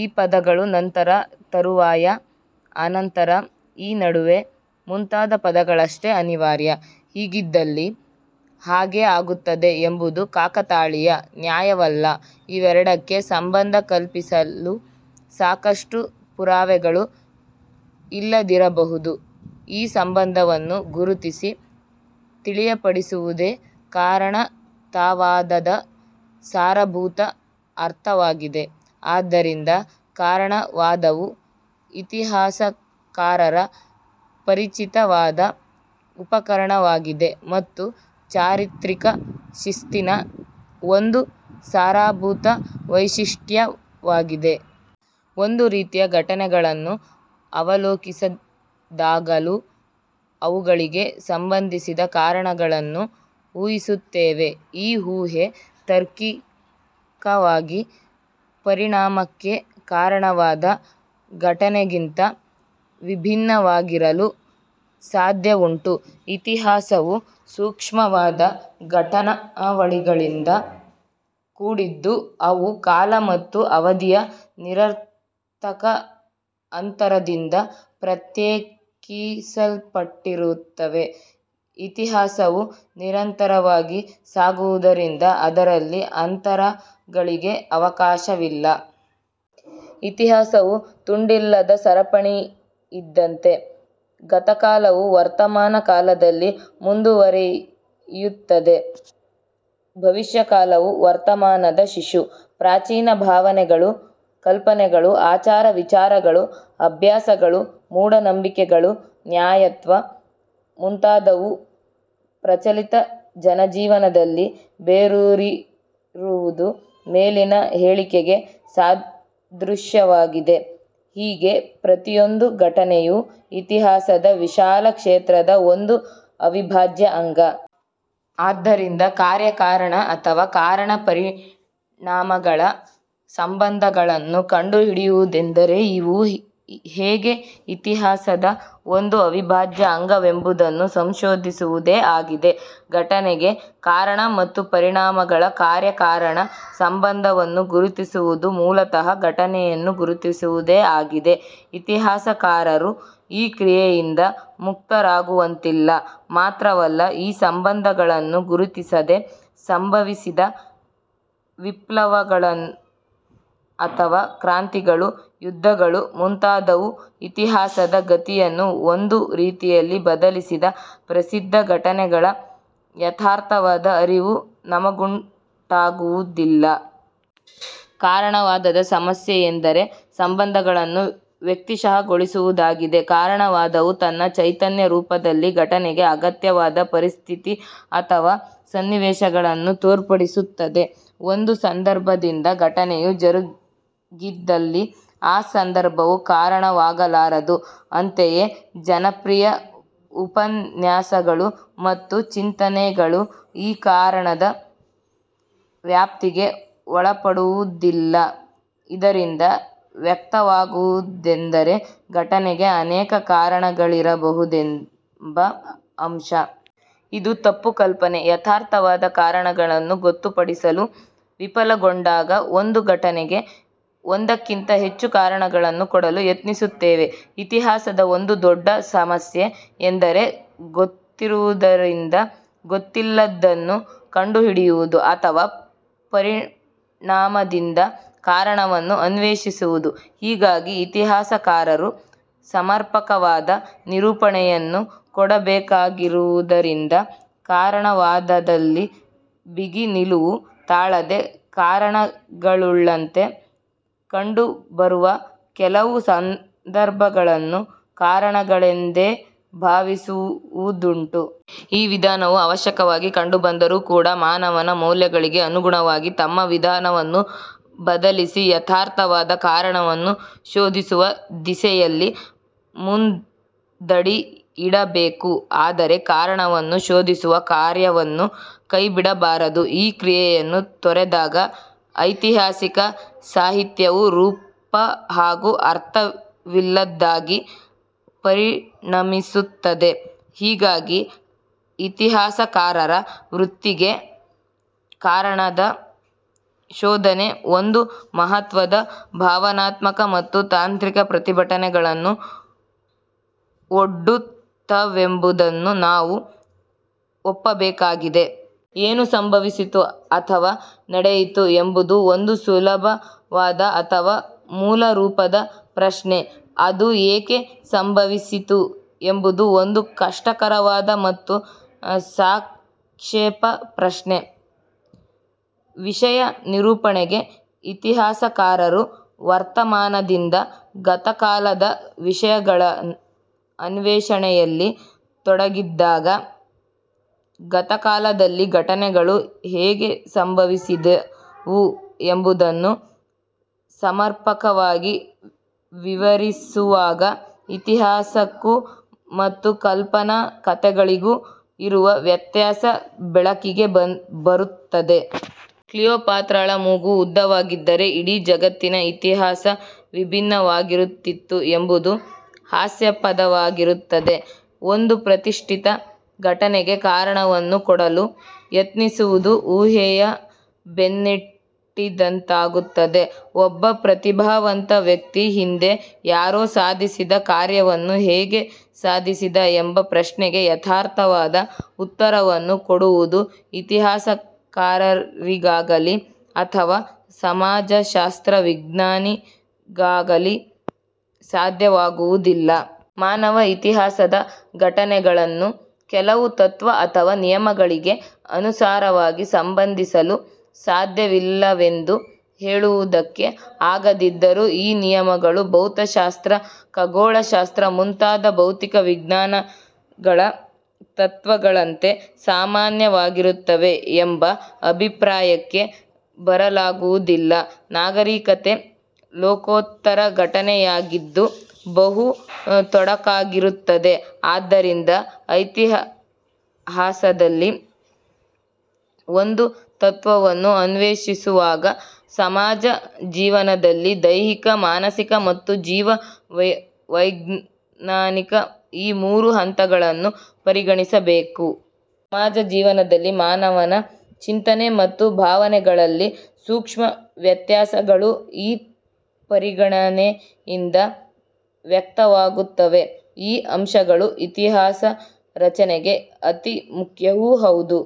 ಈ ಪದಗಳು ನಂತರ, ತರುವಾಯ, ಅನಂತರ, ಈ ನಡುವೆ, ಮುಂತಾದ ಪದಗಳಷ್ಟೇ ಅನಿವಾರ್ಯ. ಹೀಗಿದ್ದಲ್ಲಿ ಹಾಗೆ ಆಗುತ್ತದೆ ಎಂಬುದು ಕಾಕತಾಳೀಯ ನ್ಯಾಯವಲ್ಲ. ಇವೆರಡಕ್ಕೆ ಸಂಬಂಧ ಕಲ್ಪಿಸಲು ಸಾಕಷ್ಟು ಪುರಾವೆಗಳು ಇಲ್ಲದಿರಬಹುದು. ಈ ಸಂಬಂಧವನ್ನು ಗುರುತಿಸಿ ತಿಳಿಯಪಡಿಸುವುದೇ ಕಾರಣತಾವಾದದ ಸಾರಭೂತ ಅರ್ಥವಾಗಿದೆ. ಆದ್ದರಿಂದ ಕಾರಣವಾದವು ಇತಿಹಾಸಕಾರರ ಪರಿಚಿತವಾದ ಉಪಕರಣವಾಗಿದೆ ಮತ್ತು ಚಾರಿತ್ರಿಕ ಶಿಸ್ತಿನ ಒಂದು ಸಾರಭೂತ ವೈಶಿಷ್ಟ್ಯವಾಗಿದೆ. ಒಂದು ರೀತಿಯ ಘಟನೆಗಳನ್ನು ಅವಲೋಕಿಸಿದಾಗಲೂ ಅವುಗಳಿಗೆ ಸಂಬಂಧಿಸಿದ ಕಾರಣಗಳನ್ನು ಊಹಿಸುತ್ತೇವೆ. ಈ ಊಹೆ ತಾರ್ಕಿಕವಾಗಿ ಪರಿಣಾಮಕ್ಕೆ ಕಾರಣವಾದ ಘಟನೆಗಿಂತ ವಿಭಿನ್ನವಾಗಿರಲು ಸಾಧ್ಯವುಂಟು. ಇತಿಹಾಸವು ಸೂಕ್ಷ್ಮವಾದ ಘಟನಾವಳಿಗಳಿಂದ ಕೂಡಿದ್ದು, ಅವು ಕಾಲ ಮತ್ತು ಅವಧಿಯ ನಿರರ್ಥಕ ಅಂತರದಿಂದ ಪ್ರತ್ಯೇಕಿಸಲ್ಪಟ್ಟಿರುತ್ತವೆ. ಇತಿಹಾಸವು ನಿರಂತರವಾಗಿ ಸಾಗುವುದರಿಂದ ಅದರಲ್ಲಿ ಅಂತರಗಳಿಗೆ ಅವಕಾಶವಿಲ್ಲ. ಇತಿಹಾಸವು ತುಂಡಿಲ್ಲದ ಸರಪಣಿಯಿದ್ದಂತೆ. ಗತಕಾಲವು ವರ್ತಮಾನ ಕಾಲದಲ್ಲಿ ಮುಂದುವರಿಯುತ್ತದೆ. ಭವಿಷ್ಯಕಾಲವು ವರ್ತಮಾನದ ಶಿಶು. ಪ್ರಾಚೀನ ಭಾವನೆಗಳು, ಕಲ್ಪನೆಗಳು, ಆಚಾರ ವಿಚಾರಗಳು, ಅಭ್ಯಾಸಗಳು, ಮೂಢನಂಬಿಕೆಗಳು, ನಾಯತ್ವ ಮುಂತಾದುವು ಪ್ರಚಲಿತ ಜನಜೀವನದಲ್ಲಿ ಬೇರೂರಿರುವುದು ಮೇಲಿನ ಹೇಳಿಕೆಗೆ ಸಾದೃಶ್ಯವಾಗಿದೆ. ಹೀಗೆ ಪ್ರತಿಯೊಂದು ಘಟನೆಯೂ ಇತಿಹಾಸದ ವಿಶಾಲ ಕ್ಷೇತ್ರದ ಒಂದು ಅವಿಭಾಜ್ಯ ಅಂಗ. ಆದ್ದರಿಂದ ಕಾರ್ಯ ಕಾರಣ ಅಥವಾ ಕಾರಣ ಪರಿಣಾಮಗಳ ಸಂಬಂಧಗಳನ್ನು ಕಂಡುಹಿಡಿಯುವುದೆಂದರೆ ಇವು ಹೇಗೆ ಇತಿಹಾಸದ ಒಂದು ಅವಿಭಾಜ್ಯ ಅಂಗವೆಂಬುದನ್ನು ಸಂಶೋಧಿಸುವುದೇ ಆಗಿದೆ. ಘಟನೆಗೆ ಕಾರಣ ಮತ್ತು ಪರಿಣಾಮಗಳ ಕಾರ್ಯಕಾರಣ ಸಂಬಂಧವನ್ನು ಗುರುತಿಸುವುದು ಮೂಲತಃ ಘಟನೆಯನ್ನು ಗುರುತಿಸುವುದೇ ಆಗಿದೆ. ಇತಿಹಾಸಕಾರರು ಈ ಕ್ರಿಯೆಯಿಂದ ಮುಕ್ತರಾಗುವಂತಿಲ್ಲ. ಮಾತ್ರವಲ್ಲ, ಈ ಸಂಬಂಧಗಳನ್ನು ಗುರುತಿಸದೆ ಸಂಭವಿಸಿದ ವಿಪ್ಲವಗಳು ಅಥವಾ ಕ್ರಾಂತಿಗಳು, ಯುದ್ಧಗಳು ಮುಂತಾದುವು ಇತಿಹಾಸದ ಗತಿಯನ್ನು ಒಂದು ರೀತಿಯಲ್ಲಿ ಬದಲಿಸಿದ ಪ್ರಸಿದ್ಧ ಘಟನೆಗಳ ಯಥಾರ್ಥವಾದ ಅರಿವು ನಮಗುಂಟಾಗುವುದಿಲ್ಲ. ಕಾರಣವಾದದ ಸಮಸ್ಯೆಯೆಂದರೆ ಸಂಬಂಧಗಳನ್ನು ವ್ಯಕ್ತಿಶಃಗೊಳಿಸುವುದಾಗಿದೆ. ಕಾರಣವಾದವು ತನ್ನ ಚೈತನ್ಯರೂಪದಲ್ಲಿ ಘಟನೆಗೆ ಅಗತ್ಯವಾದ ಪರಿಸ್ಥಿತಿ ಅಥವಾ ಸನ್ನಿವೇಶಗಳನ್ನು ತೋರ್ಪಡಿಸುತ್ತದೆ. ಒಂದು ಸಂದರ್ಭದಿಂದ ಘಟನೆಯು ಜರುಗಿದ್ದಲ್ಲಿ, ಆ ಸಂದರ್ಭವು ಕಾರಣವಾಗಲಾರದು. ಅಂತೆಯೇ, ಜನಪ್ರಿಯ ಉಪನ್ಯಾಸಗಳು ಮತ್ತು ಚಿಂತನೆಗಳು ಈ ಕಾರಣದ ವ್ಯಾಪ್ತಿಗೆ ಒಳಪಡುವುದಿಲ್ಲ. ಇದರಿಂದ ವ್ಯಕ್ತವಾಗುವುದೆಂದರೆ ಘಟನೆಗೆ ಅನೇಕ ಕಾರಣಗಳಿರಬಹುದೆಂಬ ಅಂಶ. ಇದು ತಪ್ಪು ಕಲ್ಪನೆ, ಯಥಾರ್ಥವಾದ ಕಾರಣಗಳನ್ನು ಗೊತ್ತುಪಡಿಸಲು ವಿಫಲಗೊಂಡಾಗ ಒಂದು ಘಟನೆಗೆ ಒಂದಕ್ಕಿಂತ ಹೆಚ್ಚು ಕಾರಣಗಳನ್ನು ಕೊಡಲು ಯತ್ನಿಸುತ್ತೇವೆ. ಇತಿಹಾಸದ ಒಂದು ದೊಡ್ಡ ಸಮಸ್ಯೆ ಎಂದರೆ ಗೊತ್ತಿರುವುದರಿಂದ ಗೊತ್ತಿಲ್ಲದ್ದನ್ನು ಕಂಡುಹಿಡಿಯುವುದು ಅಥವ ಪರಿಣಾಮದಿಂದ ಕಾರಣವನ್ನು ಅನ್ವೇಷಿಸುವುದ. ಹೀಗಾಗಿ ಇತಿಹಾಸಕಾರರು ಸಮರ್ಪಕವಾದ ನಿರೂಪಣೆಯನ್ನು ಕೊಡಬೇಕಾಗಿರುವುದರಿಂದ ಕಾರಣವಾದದಲ್ಲಿ ಬಿಗಿ ನಿಲುವು ತಾಳದೆ ಕಾರಣಗಳುಳ್ಳಂತೆ ಕಂಡುಬರುವ ಕೆಲವು ಸಂದರ್ಭಗಳನ್ನು ಕಾರಣಗಳೆಂದೇ ಭಾವಿಸುವುದುಂಟು. ಈ ವಿಧಾನವು ಅವಶ್ಯಕವಾಗಿ ಕಂಡುಬಂದರೂ ಕೂಡ ಮಾನವನ ಮೌಲ್ಯಗಳಿಗೆ ಅನುಗುಣವಾಗಿ ತಮ್ಮ ವಿಧಾನವನ್ನು ಬದಲಿಸಿ ಯಥಾರ್ಥವಾದ ಕಾರಣವನ್ನು ಶೋಧಿಸುವ ದಿಸೆಯಲ್ಲಿ ಮುಂದಡಿಯಿಡಬೇಕು. ಆದರೆ ಕಾರಣವನ್ನು ಶೋಧಿಸುವ ಕಾರ್ಯವನ್ನು ಕೈಬಿಡಬಾರದು. ಈ ಕ್ರಿಯೆಯನ್ನು ತೊರೆದಾಗ ಐತಿಹಾಸಿಕ ಸಾಹಿತ್ಯವು ರೂಪ ಹಾಗೂ ಅರ್ಥವಿಲ್ಲದ್ದಾಗಿ ಪರಿಣಮಿಸುತ್ತದೆ. ಹೀಗಾಗಿ, ಇತಿಹಾಸಕಾರರ ವೃತ್ತಿಗೆ ಕಾರಣದ ಶೋಧನೆ ಒಂದು ಮಹತ್ವದ ಭಾವನಾತ್ಮಕ ಮತ್ತು ತಾಂತ್ರಿಕ ಪ್ರತಿಭಟನೆಗಳನ್ನು ಒಡ್ಡುತ್ತವೆಂಬುದನ್ನು ನಾವು ಒಪ್ಪಬೇಕಾಗಿದೆ. ಏನು ಸಂಭವಿಸಿತು ಅಥವಾ ನಡೆಯಿತು ಎಂಬುದು ಒಂದು ಸುಲಭವಾದ ಅಥವಾ ಮೂಲರೂಪದ ಪ್ರಶ್ನೆ. ಅದು ಏಕೆ ಸಂಭವಿಸಿತು ಎಂಬುದು ಒಂದು ಕಷ್ಟಕರವಾದ ಮತ್ತು ಸಾಕ್ಷೇಪ ಪ್ರಶ್ನೆ. ವಿಷಯ ನಿರೂಪಣೆಗೆ ಇತಿಹಾಸಕಾರರು ವರ್ತಮಾನದಿಂದ ಗತಕಾಲದ ವಿಷಯಗಳ ಅನ್ವೇಷಣೆಯಲ್ಲಿ ತೊಡಗಿದಾಗ, ಗತಕಾಲದಲ್ಲಿ ಘಟನೆಗಳು ಹೇಗೆ ಸಂಭವಿಸಿದವು ಎಂಬುದನ್ನು ಸಮರ್ಪಕವಾಗಿ ವಿವರಿಸುವಾಗ ಇತಿಹಾಸಕ್ಕೂ ಮತ್ತು ಕಲ್ಪನಾ ಕಥೆಗಳಿಗೂ ಇರುವ ವ್ಯತ್ಯಾಸ ಬೆಳಕಿಗೆ ಬರುತ್ತದೆ. ಕ್ಲೀಯೋಪಾತ್ರಾಳ ಮೂಗು ಉದ್ದವಾಗಿದ್ದರೆ ಇಡೀ ಜಗತ್ತಿನ ಇತಿಹಾಸ ವಿಭಿನ್ನವಾಗಿರುತ್ತಿತ್ತು ಎಂಬುದು ಹಾಸ್ಯಾಸ್ಪದವಾಗುತ್ತದೆ. ಒಂದು ಪ್ರತಿಷ್ಠಿತ ಘಟನೆಗೆ ಕಾರಣವನ್ನು ಕೊಡಲು ಯತ್ನಿಸುವುದು ಊಹೆಯ ಬೆನ್ನಟ್ಟಿದಂತಾಗುತ್ತದೆ. ಒಬ್ಬ ಪ್ರತಿಭಾವಂತ ವ್ಯಕ್ತಿ ಹಿಂದೆ ಯಾರೋ ಸಾಧಿಸಿದ ಕಾರ್ಯವನ್ನು ಹೇಗೆ ಸಾಧಿಸಿದ ಎಂಬ ಪ್ರಶ್ನೆಗೆ ಯಥಾರ್ಥವಾದ ಉತ್ತರವನ್ನು ಕೊಡುವುದು ಇತಿಹಾಸಕಾರರಿಗಾಗಲಿ ಅಥವ ಸಮಾಜಶಾಸ್ತ್ರ ವಿಜ್ಞಾನಿಗಾಗಲಿ ಸಾಧ್ಯವಾಗುವುದಿಲ್ಲ. ಮಾನವ ಇತಿಹಾಸದ ಘಟನೆಗಳನ್ನು ಕೆಲವು ತತ್ವ ಅಥವಾ ನಿಯಮಗಳಿಗೆ ಅನುಸಾರವಾಗಿ ಸಂಬಂಧಿಸಲು ಸಾಧ್ಯವಿಲ್ಲವೆಂದು ಹೇಳುವುದಕ್ಕೆ ಆಗದಿದ್ದರೂ, ಈ ನಿಯಮಗಳು ಭೌತಶಾಸ್ತ್ರ, ಖಗೋಳಶಾಸ್ತ್ರ ಮುಂತಾದ ಭೌತಿಕ ವಿಜ್ಞಾನಗಳ ತತ್ವಗಳಂತೆ ಸಾಮಾನ್ಯವಾಗಿರುತ್ತವೆ ಎಂಬ ಅಭಿಪ್ರಾಯಕ್ಕೆ ಬರಲಾಗುವುದಿಲ್ಲ. ನಾಗರಿಕತೆ ಲೋಕೋತ್ತರ ಘಟನೆಯಾಗಿದ್ದು ಬಹು ತೊಡಕಾಗಿರುತ್ತದೆ. ಆದ್ದರಿಂದ ಇತಿಹಾಸದಲ್ಲಿ ಒಂದು ತತ್ವವನ್ನು ಅನ್ವೇಷಿಸುವಾಗ ಸಮಾಜ ಜೀವನದಲ್ಲಿನ ದೈಹಿಕ, ಮಾನಸಿಕ ಮತ್ತು ಜೀವ ವೈಜ್ಞಾನಿಕ ಈ ಮೂರು ಹಂತಗಳನ್ನೂ ಪರಿಗಣಿಸಬೇಕು. ಸಮಾಜ ಜೀವನದಲ್ಲಿ ಮಾನವನ ಚಿಂತನೆ ಮತ್ತು ಭಾವನೆಗಳಲ್ಲಿ ಸೂಕ್ಷ್ಮ ವ್ಯತ್ಯಾಸಗಳು ಈ ಪರಿಗಣನೆಯಿಂದ ವ್ಯಕ್ತವಾಗುತ್ತವೆ. ಈ ಅಂಶಗಳು ಇತಿಹಾಸ ರಚನೆಗೆ ಅತಿ ಮುಖ್ಯವೂ ಹೌದು.